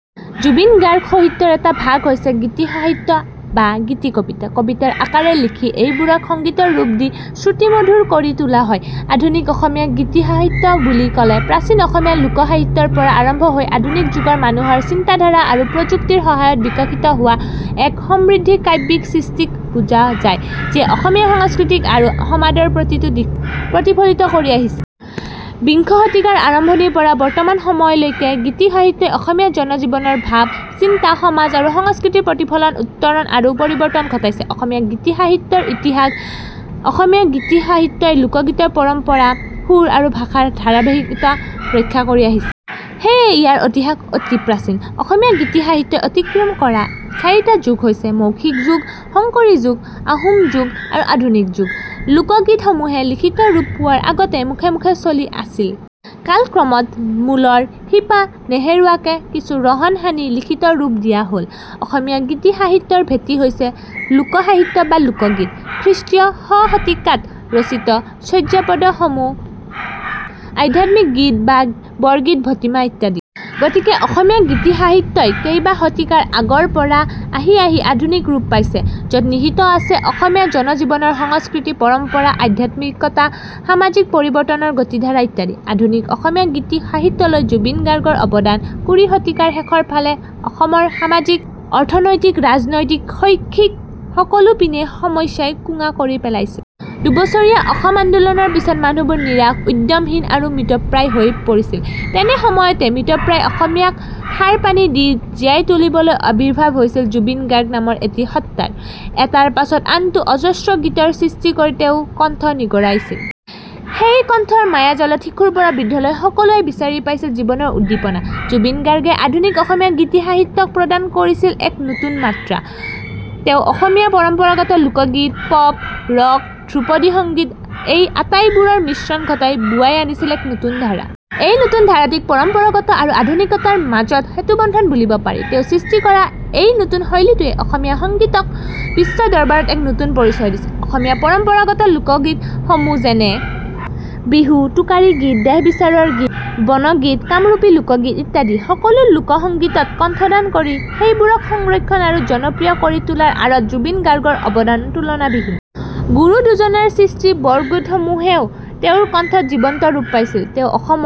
জুবিন গাৰ্গ সহিত্যৰ এটা ভাগ হৈছে গীতি সাহিত্য বা গীতি কবিতা। কবিতাৰ আকাৰে লিখি এইবোৰক সংগীতৰ ৰূপ দি শ্ৰুতিমধুৰ কৰি তোলা হয়। আধুনিক অসমীয়া গীতি-সাহিত্য বুলি ক'লে প্ৰাচীন অসমীয়া লোক সাহিত্যৰ পৰা আৰম্ভ হৈ আধুনিক যুগৰ মানুহৰ চিন্তাধাৰা আৰু প্ৰযুক্তিৰ সহায়ত বিকশিত হোৱা এক সমৃদ্ধ কাব্যিক সৃষ্টিক বুজা যায়, যিয়ে অসমীয়া সংস্কৃতি আৰু সমাদৰ প্ৰতিটো দিশ প্ৰতিফলিত কৰি আহিছে। বিংশ শতিকাৰ আৰম্ভণিৰ পৰা বৰ্তমান সময়লৈকে গীতি সাহিত্যই অসমীয়া জনজীৱনৰ ভাব, চিন্তা, সমাজ আৰু সংস্কৃতিৰ প্ৰতিফলন, উত্তৰণ আৰু পৰিবৰ্তন ঘটাইছে। / অসমীয়া গীতি সাহিত্যৰ ইতিহাস: অসমীয়া গীতি সাহিত্যই লোকগীতৰ পৰম্পৰা, সুৰ আৰু ভাষাৰ ধাৰাবাহিকতা ৰক্ষা কৰি আহিছে। সেয়ে ইয়াৰ ইতিহাস অতি প্ৰাচীন। অসমীয়া গীতি সাহিত্যই অতিক্ৰম কৰা চাৰিটা যুগ হৈছে- মৌখিক যুগ, শংকৰী যুগ, আহোম যুগ আৰু আধুনিক যুগ। লোক গীত সমূহে লিখিত ৰূপ পোৱাৰ আগতে মুখে মুখে চলি আছিল। কালক্ৰমত মূলৰ শিপা নেহেৰুৱাকে কিছু ৰহন সানি লিখিত ৰূপ দিয়া হল। অসমীয়া গীতি সাহিত্যৰ ভেঁটি হৈছে লোক সাহিত্য বা লোকগীত, খ্ৰীষ্টীয় - শ শতিকাত ৰচিত চৰ্যাপদ সমূহ, আধ্যাত্মিক গীত বা বৰগীত ভটিমা ইত্যাদি। গতিকে অসমীয়া গীতি সাহিত্যই কেইবা শতিকাৰ আগৰ পৰা আহি আহি আধুনিক ৰূপ পাইছে, যত নিহিত আছে অসমীয়া জনজীৱনৰ সংস্কৃতি, পৰম্পৰা, আধ্যাত্মিকতা, সামাজিক পৰিবৰ্তনৰ গতিধাৰা ইত্যাদি। / আধুনিক অসমীয়া গীতি সাহিত্যলৈ জুবিন গাৰ্গৰ অবদান: কুৰি শতিকাৰ শেষৰ ফালে অসমৰ সামাজিক, অৰ্থনৈতিক, ৰাজনৈতিক, শৈক্ষিক সকলো পিনে সমস্যাই কোঙা কৰি পেলাইছিল। দুবছৰীয়া অসম আন্দোলনৰ পিছত মানুহবোৰ নিৰাশ, উদ্যমহীন আৰু মৃতপ্ৰায় হৈ পৰিছিল। তেনে সময়তে মৃতপ্ৰায় অসমীয়াক সাৰ-পানী দি জীয়াই তুলিবলৈ আৱিৰ্ভাৱ হৈছিল ' জুবিন গাৰ্গ' নামৰ এটি সত্ত্বাৰ। এটাৰ পাছত আনটো, অজস্ৰ গীতৰ সৃষ্টি কৰি তেওঁ কণ্ঠ নিগৰাইছিল। সেই কণ্ঠৰ মায়াজালত শিশুৰ পৰা বৃদ্ধলৈ সকলোৱে বিচাৰি পাইছিল জীৱনৰ উদ্দীপনা। জুবিন গাৰ্গে আধুনিক অসমীয়া গীতি সাহিত্যক প্ৰদান কৰিছিল এক নতুন মাত্ৰা। তেওঁ অসমীয়া পৰস্পৰাগত লোকগীত, পপ, ৰক, ধ্ৰুপদী সংগীত, এই আটাইবোৰৰ মিশ্ৰণ ঘটাই বোৱাই আনিছিল এক নতুন ধাৰা। এই নতুন ধাৰাটিক পৰম্পৰাগত আৰু আধুনিকতাৰ মাজৰ সেতুবন্ধন বুলিব পাৰি। তেওঁ সৃষ্টি কৰা এই নতুন শৈলীটোৱে অসমীয়া সংগীতক বিশ্ব-দৰবাৰত এক নতুন পৰিচয় দিছিল। অসমীয়া পৰম্পৰাগত লোকগীত সমূহ যেনে- বিহু, টোকাৰী -গীত, দেহবিচাৰৰ গীত, বনগীত, কামৰূপী লোকগীত ইত্যাদি সকলো লোক সংগীতত্ কণ্ঠদান কৰি সেইবোৰক সংৰক্ষণ আৰু জনপ্ৰিয় কৰি তোলাৰ আঁৰত জুবিন গাৰ্গৰ অৱদান তুলনাবিহীন। গুৰু দুজনাৰ সৃষ্টি বৰগীতসমূহেও তেওঁৰ কণ্ঠত জীৱন্ত ৰূপ পাইছিল। তেওঁ অসমৰ